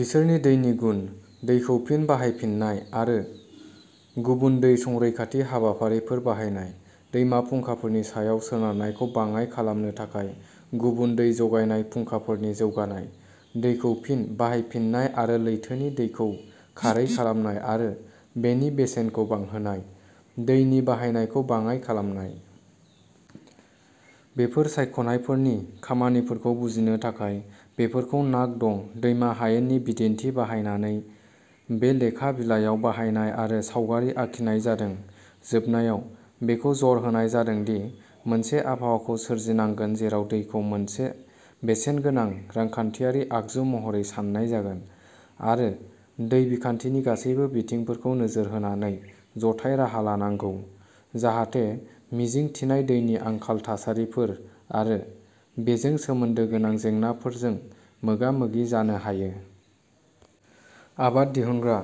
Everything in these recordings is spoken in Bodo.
बिसोरनि दैनि गुन, दैखौ फिन बाहायफिननाय आरो गुबुन दै संरैखाथि हाबाफारिफोर बाहायनाय; दैमा फुंखाफोरनि सायाव सोनारनायखौ बाङाइ खालामनो थाखाय गुबुन दै जगायनाय फुंखाफोरनि जौगानाय; दैखौ फिन बाहायफिननाय आरो लैथोनि दैखौ खारै खालामनाय आरो दैनि बेसेनखौ बांहोनाय, दैनि बाहायनायखौ बाङाइ खालामनाय। बेफोर सायख'नायफोरनि खामानिफोरखौ बुजिनो थाखाय, बेफोरखौ नाक-डं दैमा हायेननि बिदिन्थि बाहायनानै बे लेखा बिलायाव बाहायनाय आरो सावगारि आखिनाय जादों। जोबनायाव, बेखौ जर होनाय जादों दि मोनसे आबहावाखौ सोरजिनांगोन जेराव दैखौ मोनसे बेसेनगोनां रांखान्थियारि आगजु महरै सान्नाय जागोन, आरो दै बिखान्थिनि गासैबो बिथिंफोरखौ नोजोर होनानै जथाय राहा लानांगौ, जाहाथे मिजिंथिनाय दैनि आंखाल थासारिफोर आरो बेजों सोमोन्दो गोनां जेंनाफोरजों मोगा-मोगि जानो हायो। आबाद दिहुनग्रा,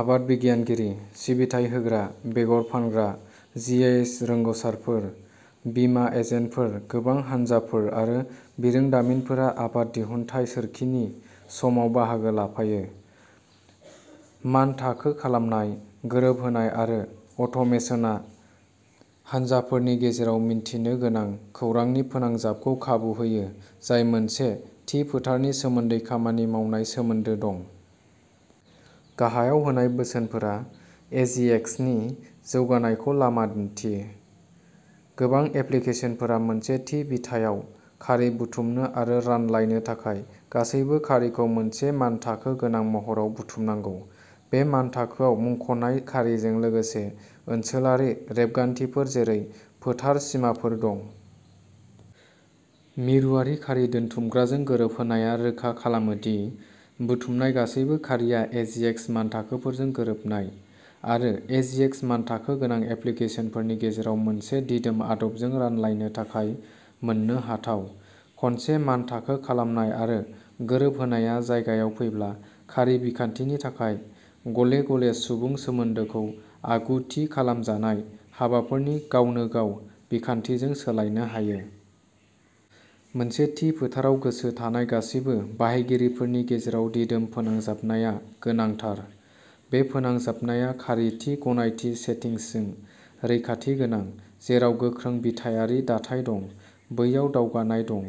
आबाद बिगियानगिरि, सिबिथाय होग्रा, बेगर फानग्रा, जि आइ एस रोंग'साफोर, बीमा एजेन्टफोर-गोबां हानजाफोर आरो बिरोंदामिनफोरा आबाद दिहुनथाय सोरखिनि समाव बाहागो लाफायो। मानथाखो खालामनाय, गोरोबहोनाय आरो अट'मेसनआ हानजाफोरनि गेजेराव मिन्थिनो गोनां खौरांनि फोनांजाबखौ खाबु होयो जाय मोनसे थि फोथारनि सोमोन्दै खामानि मावनाय सोमोन्दो दं। गाहायाव होनाय बोसोनफोरा एजिएक्स नि जौगानायखौ लामा दिन्थियो। गोबां एप्लिकेसनफोरा मोनसे थि बिथायाव खारि बुथुमनो आरो रानलायनो थाखाय, गासैबो खारिखौ मोनसे मानथाखो गोनां महराव बुथुमनांगौ। बे मानथाखोआव मुंख'नाय खारिजों लोगोसे ओनसोलारि रेबगान्थिफोर, जेरै फोथार सिमाफोर दं। मिरुआरि खारि दोनथुमग्राजों गोरोबहोनाया रोखा खालामो दि बुथुमनाय गासैबो खारिआ एजिएक्स मानथाखोफोरजों गोरोबनाय आरो एजिएक्स मानथाखो गोनां एप्लिकेसनफोरनि गेजेराव मोनसे दिदोम आदबजों रानलायनो थाखाय मोननोहाथाव। खनसे मानथाखो खालामनाय आरो गोरोबहोनाया जायगायाव फैब्ला, खारि बिखान्थिनि थाखाय गले गले सुबुं सोमोनदोखौ आगु-थि खालामजानाय हाबाफोरनि गावनोगाव बिखान्थिजों सोलायनो हायो। मोनसे थि फोथाराव गोसो थानाय गासिबो बाहायगिरिफोरनि गेजेराव दिदोम फोनांजाबनाया गोनांथार। बे फोनांजाबनाया खारि थि गनायथि सेटिंसजों रैखाथि गोनां। जेराव गोख्रों बिथायारि दाथाय दं, बैयाव दावगानाय दं।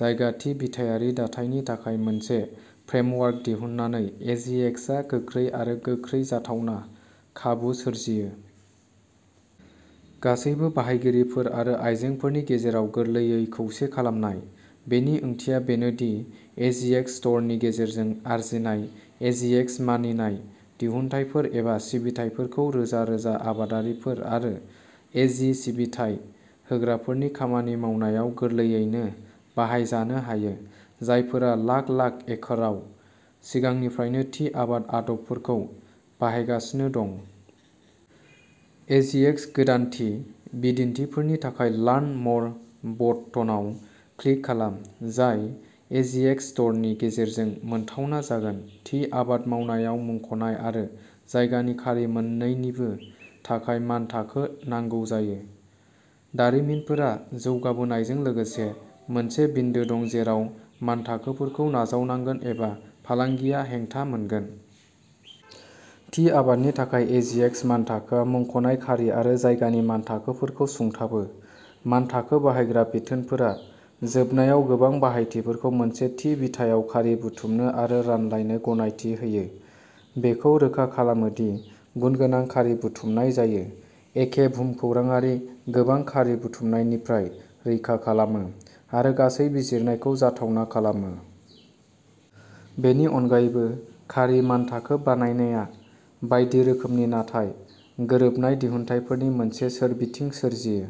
जायगा थि बिथायारि दाथायनि थाखाय मोनसे फ्रेमवर्क दिहुननानै, एजिएक्स आ गोख्रै आरो गोख्रै जाथावना खाबु सोरजियो। गासैबो बाहायगिरिफोर आरो आयजेंफोरनि गेजेराव गोरलैयै खौसे खालामनाय। बेनि ओंथिया बेनो दि एजिएक्स स्ट'रनि गेजेरजों आरजिनाय एजिएक्स मानिनाय दिहुनथायफोर एबा सिबिथाइफोरखौ रोजा-रोजा आबादारिफोर आरो एजि सिबिथाय होग्राफोरनि खामानि मावनायाव गोरलैयैनो बाहायजानो हायो, जायफोरा लाख-लाख एकड़आव सिगांनिफ्रायनो थि आबाद आदबफोरखौ बाहायगासिनो दं। एजिएक्स गोदानथि बिदिन्थिफोरनि थाखाय लार्न मर बटनाव क्लिक खालाम, जाय एजिएक्स स्ट'रनि गेजेरजों मोनथावना जागोन। थि आबाद मावनायाव मुंख'नाय आरो जायगानि खारि मोन्नैनिबो थाखाय मानथाखो नांगौ जायो। दारिमिनफोरा जौगाबोनायजों लोगोसे, मोनसे बिन्दो दं जेराव मानथाखोफोरखौ नाजावनांगोन एबा फालांगिया हेंथा मोनगोन। थि आबादनि थाखाय एजिएक्स मानथाखोआ मुंख'नाय खारि आरो जायगानि मानथाखोफोरखौ सुंथाबो। मानथाखो बाहायग्रा बिथोनफोरा जोबनायाव गोबां बाहायथिफोरखौ मोनसे थि बिथायाव खारि बुथुमनो आरो रानलायनो गनायथि होयो, बेखौ रोखा खालामो दि गुनगोनां खारि बुथुमनाय जायो, एखे भुमखौराङारि गोबां खारि बुथुमनायनिफ्राय रैखा खालामो, आरो गासै बिजिरनायखौ जाथावना खालामो। बेनि अनगायैबो, खारि मानथाखो बानायनाया बायदि रोखोमनि नाथाय गोरोबनाय दिहुनथायफोरनि मोनसे सोरबिथिं सोरजियो।